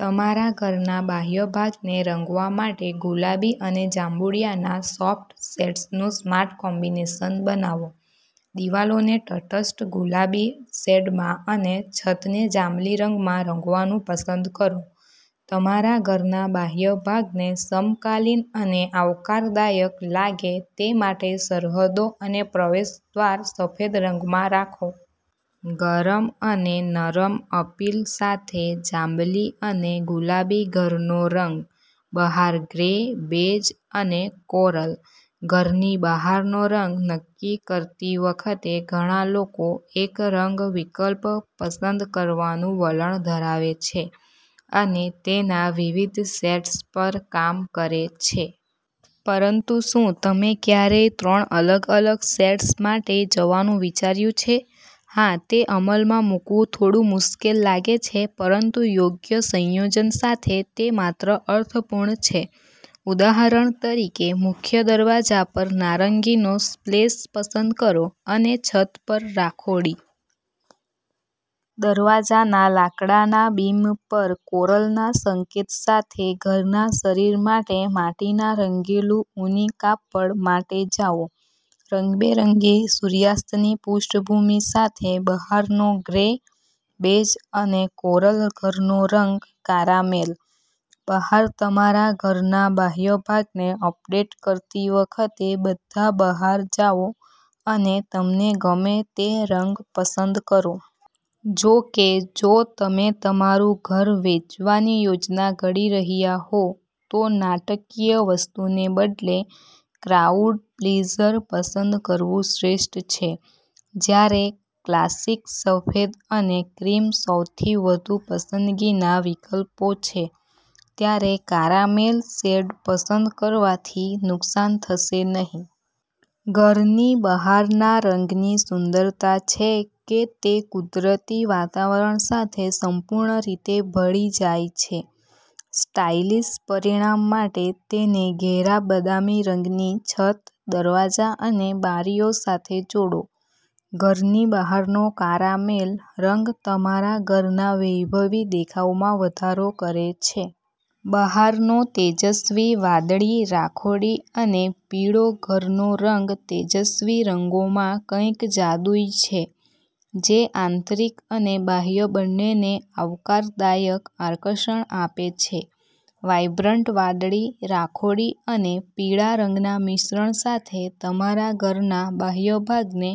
તમારા ઘરના બાહ્ય ભાગને રંગવા માટે ગુલાબી અને જાંબુડિયાના સોફ્ટ શેડ્સનું સ્માર્ટ કોમ્બિનેશન બનાવો. દિવાલોને તટસ્થ ગુલાબી શેડમાં અને છતને જાંબલી રંગમાં રંગવાનું પસંદ કરો. તમારા ઘરના બાહ્ય ભાગને સમકાલીન અને આવકારદાયક લાગે તે માટે સરહદો અને પ્રવેશ દ્વાર સફેદ રંગમાં રાખો. ગરમ અને નરમ અપીલ સાથે જાંબલી અને ગુલાબી ઘરનો રંગ. બહાર ગ્રે, બેજ અને કોરલ. ઘરની બહારનો રંગ નક્કી કરતી વખતે ઘણા લોકો એક રંગ વિકલ્પ પસંદ કરવાનું વલણ ધરાવે છે અને તેના વિવિધ શેડ્સ પર કામ કરે છે. પરંતુ શું તમે ક્યારેય ત્રણ અલગ-અલગ શેડ્સ માટે જવાનું વિચાર્યું છે? હા, તે અમલમાં મૂકવું થોડું મુશ્કેલ લાગે છે, પરંતુ યોગ્ય સંયોજન સાથે તે માત્ર અર્થપૂર્ણ છે. ઉદાહરણ તરીકે, મુખ્ય દરવાજા પર નારંગીનો સ્પ્લેશ પસંદ કરો અને છત પર રાખોડી. દરવાજાના લાકડાના બીમ પર કોરલના સંકેત સાથે ઘરના શરીર માટે માટીના રંગેલું ઊની કાપડ માટે જાઓ. રંગબેરંગી સૂર્યાસ્તની પૃષ્ઠભૂમિ સાથે બહારનો ગ્રે, બેજ અને કોરલ ઘરનો રંગ કારામેલ. બહાર તમારા ઘરના બાહ્ય ભાગને અપડેટ કરતી વખતે બધા બહાર જાઓ અને તમને ગમે તે રંગ પસંદ કરો. જો કે, જો તમે તમારું ઘર વેચવાની યોજના ઘડી રહ્યા હો તો નાટકીય વસ્તુને બદલે ક્રાઉડ-પ્લીઝર પસંદ કરવું શ્રેષ્ઠ છે. જ્યારે ક્લાસિક સફેદ અને ક્રીમ સૌથી વધુ પસંદગીના વિકલ્પો છે, ત્યારે કારામેલ શેડ પસંદ કરવાથી નુકસાન થશે નહીં. ઘરની બહારના રંગની સુંદરતાછે કે તે કુદરતી વાતાવરણ સાથે સંપૂર્ણ રીતે ભળી જાય છે. સ્ટાઇલિશ પરિણામ માટે તેને ઘેરા બદામી રંગની છત, દરવાજા અને બારીઓ સાથે જોડો. ઘરની બહારનો કારામેલ રંગ તમારા ઘરના વૈભવી દેખાવમાં વધારો કરે છે. બહારનો તેજસ્વી વાદળી, રાખોડી અને પીળો ઘરનો રંગ તેજસ્વી રંગોમાં કંઈક જાદુઈ છે જે આંતરિક અને બાહ્ય બંનેને આવકારદાયક આકર્ષણ આપે છે. વાઇબ્રન્ટ વાદળી, રાખોડી અને પીળા રંગના મિશ્રણ સાથે તમારા ઘરના બાહ્ય ભાગને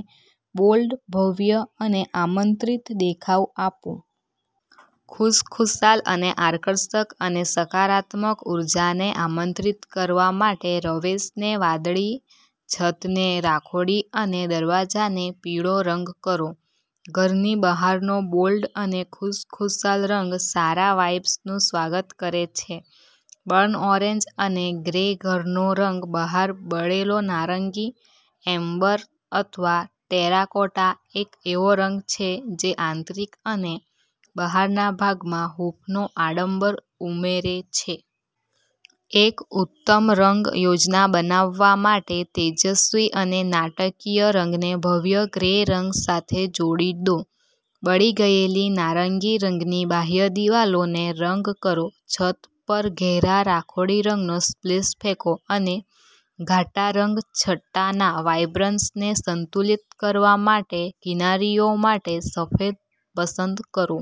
બોલ્ડ, ભવ્ય અને આમંત્રિત દેખાવ આપો. ખુશખુશાલ અને આકર્ષક અને સકારાત્મક ઊર્જાને આમંત્રિત કરવા માટે રવેશને વાદળી, છતને રાખોડી અને દરવાજાને પીળો રંગ કરો. ઘરની બહારનો બોલ્ડ અને ખુશખુશાલ રંગ સારા વાઇબ્સનું સ્વાગત કરે છે. બર્ન ઓરેન્જ અને ગ્રે ઘરનો રંગ બહાર બળેલો નારંગી, એમ્બર અથવા ટેરાકોટા એક એવો રંગ છે જે આંતરિક અને બહારના ભાગમાં હૂંફનો આડંબર ઉમેરે છે. એક ઉત્તમ રંગ યોજના બનાવવા માટે તેજસ્વી અને નાટકીય રંગને ભવ્ય ગ્રે રંગ સાથે જોડી દો. બળી ગયેલી નારંગી રંગની બાહ્ય દિવાલોને રંગ કરો, છત પર ઘેરા રાખોડી રંગનો સ્પ્લેશ ફેંકો અને ઘાટા રંગ છટાના વાઇબ્રન્સને સંતુલિત કરવા માટે કિનારીઓ માટે સફેદ પસંદ કરો.